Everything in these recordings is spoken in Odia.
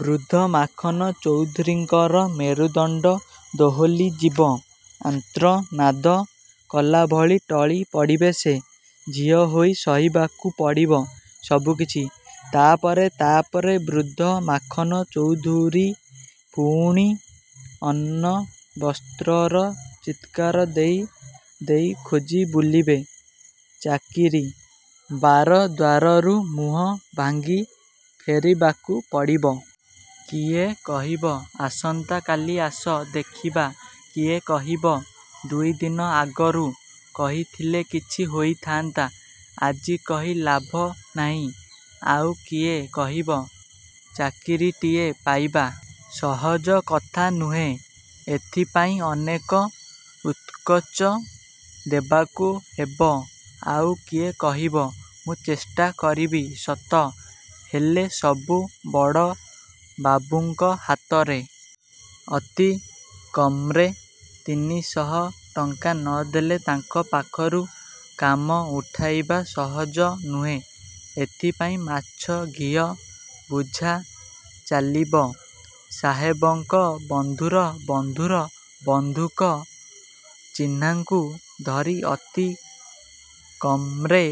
ବୃଦ୍ଧ ମାଖନ ଚୌଧୁରୀଙ୍କର ମେରୁଦଣ୍ଡ ଦୋହଲିଯିବ। ଆର୍ତ୍ତନାଦ କଲାଭଳି ଟଳି ପଡ଼ିବେ ସେ। ଝିଅ ହୋଇ ସହିବାକୁ ପଡ଼ିବ ସବୁକିଛି। ତା' ପରେ, ତା' ପରେ ବୃଦ୍ଧ ମାଖନ ଚୌଧୁରୀ ପୁଣି ଅନ୍ନବସ୍ତ୍ରର ଚିତ୍କାର ଦେଇ ଦେଇ ଖୋଜି ବୁଲିବେ ଚାକିରି। ବାର ଦ୍ୱାରରୁ ମୁହଁ ଭାଙ୍ଗି ଫେରିବାକୁ ପଡ଼ିବ। କିଏ କହିବ, “ଆସନ୍ତାକାଲି ଆସ, ଦେଖିବା।” କିଏ କହିବ, “ଦୁଇ ଦିନ ଆଗରୁ କହିଥିଲେ କିଛି ହୋଇଥାନ୍ତା, ଆଜି କହି ଲାଭ ନାହିଁ।” ଆଉ କିଏ କହିବ, “ଚାକିରିଟିଏ ପାଇବା ସହଜ କଥା ନୁହେଁ। ଏଥିପାଇଁ ଅନେକ ଉତ୍କୋଚ ଦେବାକୁ ହେବ।”ଆଉ କିଏ କହିବ, “ମୁଁ ଚେଷ୍ଟା କରିବି ସତ, ହେଲେ ସବୁ ବଡ଼ବାବୁଙ୍କ ହାତରେ। ଅତି କମ୍ରେ ତିନି ଶହ ଟଙ୍କା ନ ଦେଲେ ତାଙ୍କ ପାଖରୁ କାମ ଉଠାଇବା ସହଜ ନୁହେଁ। ଏଥିପାଇଁ ମାଛ ଘିଅ ବୁଝା ଚାଲିବ। ସାହେବଙ୍କ ବନ୍ଧୁର ବନ୍ଧୁର ବନ୍ଧୁଙ୍କ ଚିହ୍ନାଙ୍କୁ ଧରି ଅତି କମ୍ରେ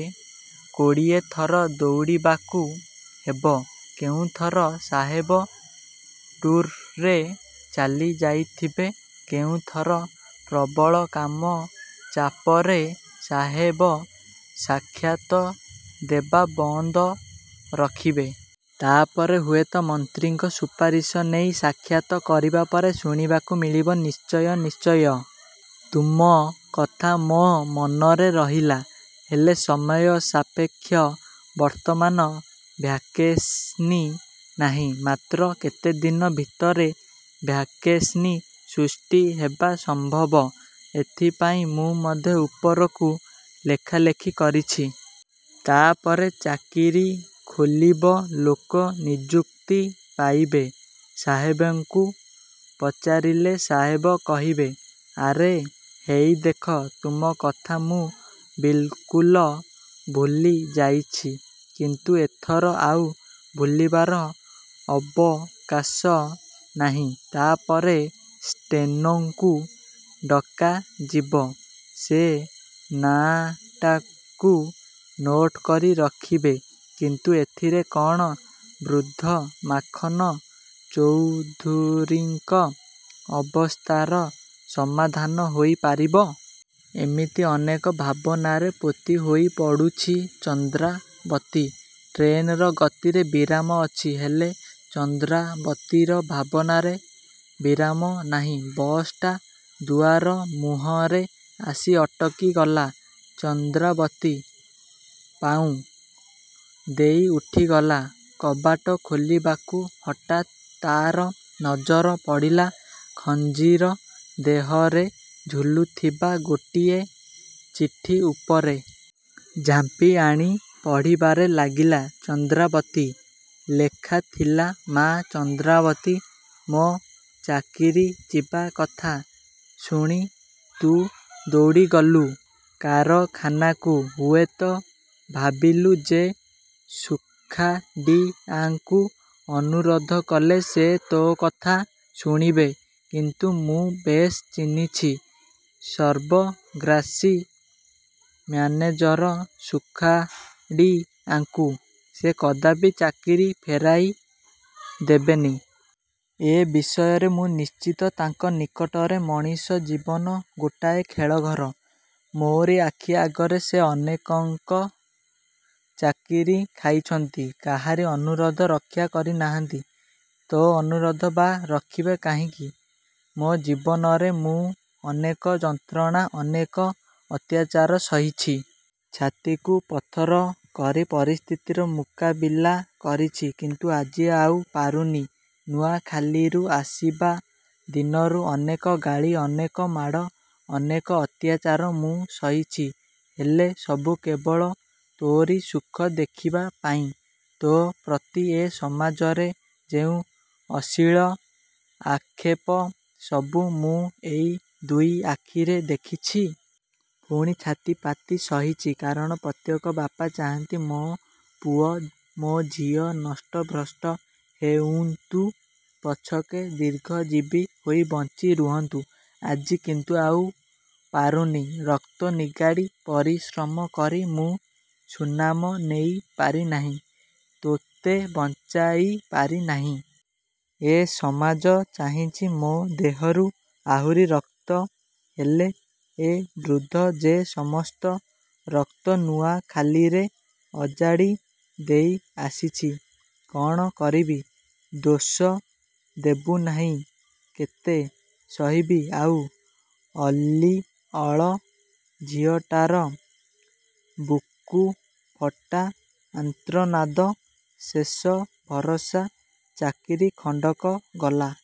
କୋଡ଼ିଏ ଥର ଦୌଡ଼ିବାକୁ ହେବ।”କେଉଁଥର ସାହେବ ଟୁର୍‌ରେ ଚାଲି ଯାଇଥିବେ, କେଉଁଥର ପ୍ରବଳ କାମ ଚାପରେ ସାହେବ ସାକ୍ଷାତ ଦେବା ବନ୍ଦ ରଖିବେ। ତା'ପରେ ହୁଏତ ମନ୍ତ୍ରୀଙ୍କ ସୁପାରିଶ ନେଇ ସାକ୍ଷାତ କରିବା ପରେ ଶୁଣିବାକୁ ମିଳିବ, “ନିଶ୍ଚୟ, ନିଶ୍ଚୟ, ତୁମ କଥା ମୋ ମନରେ ରହିଲା। ହେଲେ ସମୟ ସାପେକ୍ଷ। ବର୍ତ୍ତମାନ ଭ୍ୟାକେନ୍ସି ନାହିଁ। ମାତ୍ର କେତେଦିନ ଭିତରେ ଭ୍ୟାକେନ୍ସି ସୃଷ୍ଟି ହେବା ସମ୍ଭବ। ଏଥିପାଇଁ ମୁଁ ମଧ୍ୟ ଉପରକୁ ଲେଖାଲେଖି କରିଛି। ତା'ପରେ ଚାକିରି ଖୋଲିବ। ଲୋକ ନିଯୁକ୍ତି ପାଇବେ।”ସାହେବଙ୍କୁ ପଚାରିଲେ ସାହେବ କହିବେ, “ଆରେ, ହେଇ ଦେଖ, ତୁମ କଥା ମୁଁ ବିଲ୍‌କୁଲ ଭୁଲି ଯାଇଛି। କିନ୍ତୁ ଏଥର ଆଉ ଭୁଲିବାର ଅବକାଶ ନାହିଁ।” ତା'ପରେ ଷ୍ଟେନୋଙ୍କୁ ଡକାଯିବ। ସେ ନାଁଟାକୁ ନୋଟ୍‌ କରି ରଖିବେ। କିନ୍ତୁ ଏଥିରେ କ'ଣ ବୃଦ୍ଧ ମାଖନ ଚୌଧୁରୀଙ୍କ ଅବସ୍ଥାର ସମାଧାନ ହୋଇପାରିବ? ଏମିତି ଅନେକ ଭାବନାରେ ପୋତି ହୋଇ ପଡ଼ୁଛି ଚନ୍ଦ୍ରାବତୀ। ଟ୍ରେନ୍‌ର ଗତିରେ ବିରାମ ଅଛି। ହେଲେ ଚନ୍ଦ୍ରାବତୀର ଭାବନାରେ ବିରାମ ନାହିଁ। ବସ୍‌ଟା ଦୁଆର ମୁହଁରେ ଆସି ଅଟକିଗଲା ଚନ୍ଦ୍ରାବତୀ। ପାଉଁ ଦେଇ ଉଠିଗଲା କବାଟ ଖୋଲିବାକୁ। ହଠାତ୍ ତା'ର ନଜର ପଡ଼ିଲା ଖଝଞ୍ଜିର ଦେହରେ ଝୁଲୁଥିବା ଗୋଟିଏ ଚିଠି ଉପରେ। ଝାମ୍ପିଆଣି ପଢ଼ିବାରେ ଲାଗିଲା ଚନ୍ଦ୍ରାବତୀ। ଲେଖାଥିଲା, “ମା ଚନ୍ଦ୍ରାବତୀ! ମୋ ଚାକିରି ଯିବା କଥା ଶୁଣି ତୁ ଦୌଡ଼ିଗଲୁ କାରଖାନାକୁ। ହୁଏତ ଭାବିଲୁ ଯେ ସୁଖାଡ଼ିଆଙ୍କୁ ଅନୁରୋଧ କଲେ ସେ ତୋ କଥା ଶୁଣିବେ, କିନ୍ତୁ ମୁଁ ବେଶ୍ ଚିହ୍ନିଛି ସର୍ବଗ୍ରାସୀ ମ୍ୟାନେଜର ସୁଖାଡ଼ିଆଙ୍କୁ। ସେ କଦାପି ଚାକିରି ଫେରାଇ ଦେବେନି। ଏ ବିଷୟରେ ମୁଁ ନିଶ୍ଚିତ। ତାଙ୍କ ନିକଟରେ ମଣିଷ ଜୀବନ ଗୋଟାଏ ଖେଳଘର। ମୋରି ଆଖି ଆଗରେ ସେ ଅନେକଙ୍କ ଚାକିରି ଖାଇଛନ୍ତି। କାହାରି ଅନୁରୋଧ ରକ୍ଷା କରି ନାହାନ୍ତି। ତୋ ଅନୁରୋଧ ବା ରଖିବେ କାହିଁକି?ମୋ ଜୀବନରେ ମୁଁ ଅନେକ ଯନ୍ତ୍ରଣା, ଅନେକ ଅତ୍ୟାଚାର ସହିଛି। ଛାତିକୁ ପଥର କରି ପରିସ୍ଥିତିର ମୁକାବିଲା କରିଛି। କିନ୍ତୁ ଆଜି ଆଉ ପାରୁନି। ନୂଆଖାଲିରୁ ଆସିବା ଦିନରୁ ଅନେକ ଗାଳି, ଅନେକ ମାଡ଼, ଅନେକ ଅତ୍ୟାଚାର ମୁଁ ସହିଛି। ହେଲେ ସବୁ କେବଳ ତୋରି ସୁଖ ଦେଖିବା ପାଇଁ। ତୋ ପ୍ରତି ଏ ସମାଜରେ ଯେଉଁ ଅଶ୍ଳୀଳ ଆକ୍ଷେପ, ସବୁ ମୁଁ ଏଇ ଦୁଇ ଆଖିରେ ଦେଖିଛି। ପୁଣି ଛାତିପାତି ସହିଛି। କାରଣ ପ୍ରତ୍ୟେକ ବାପା ଚାହାନ୍ତି, ମୋ ପୁଅ, ମୋ ଝିଅ ନଷ୍ଟ ଭ୍ରଷ୍ଟ ହେଉନ୍ତୁ ପଛକେ, ଦୀର୍ଘଜୀବୀ ହୋଇ ବଞ୍ଚି ରୁହନ୍ତୁ। ଆଜି କିନ୍ତୁ ଆଉ ପାରୁନି। ରକ୍ତ ନିଗାଡ଼ି ପରିଶ୍ରମ କରି ମୁଁ ସୁନାମ ନେଇ ପାରିନାହିଁ। ତୋତେ ବଞ୍ଚାଇ ପାରିନାହିଁ। ଏ ସମାଜ ଚାହିଁଛି ମୋ ଦେହରୁ ଆହୁରି ରକ୍ତ। ହେଲେ ଏ ବୃଦ୍ଧ ଯେ ସମସ୍ତ ରକ୍ତ ନୂଆଖାଲିରେ ଅଜାଡ଼ି ଦେଇ ଆସିଛି! କ'ଣ କରିବି, ଦୋଷ ଦେବୁନାହିଁ। କେତେ ସହିବି ଆଉ ଅଲିଅଳ ଝିଅଟାର ବୁକୁଫଟା ଆର୍ତ୍ତନାଦ? ଶେଷ ଭରସା ଚାକିରି ଖଣ୍ଡକ ଗଲା।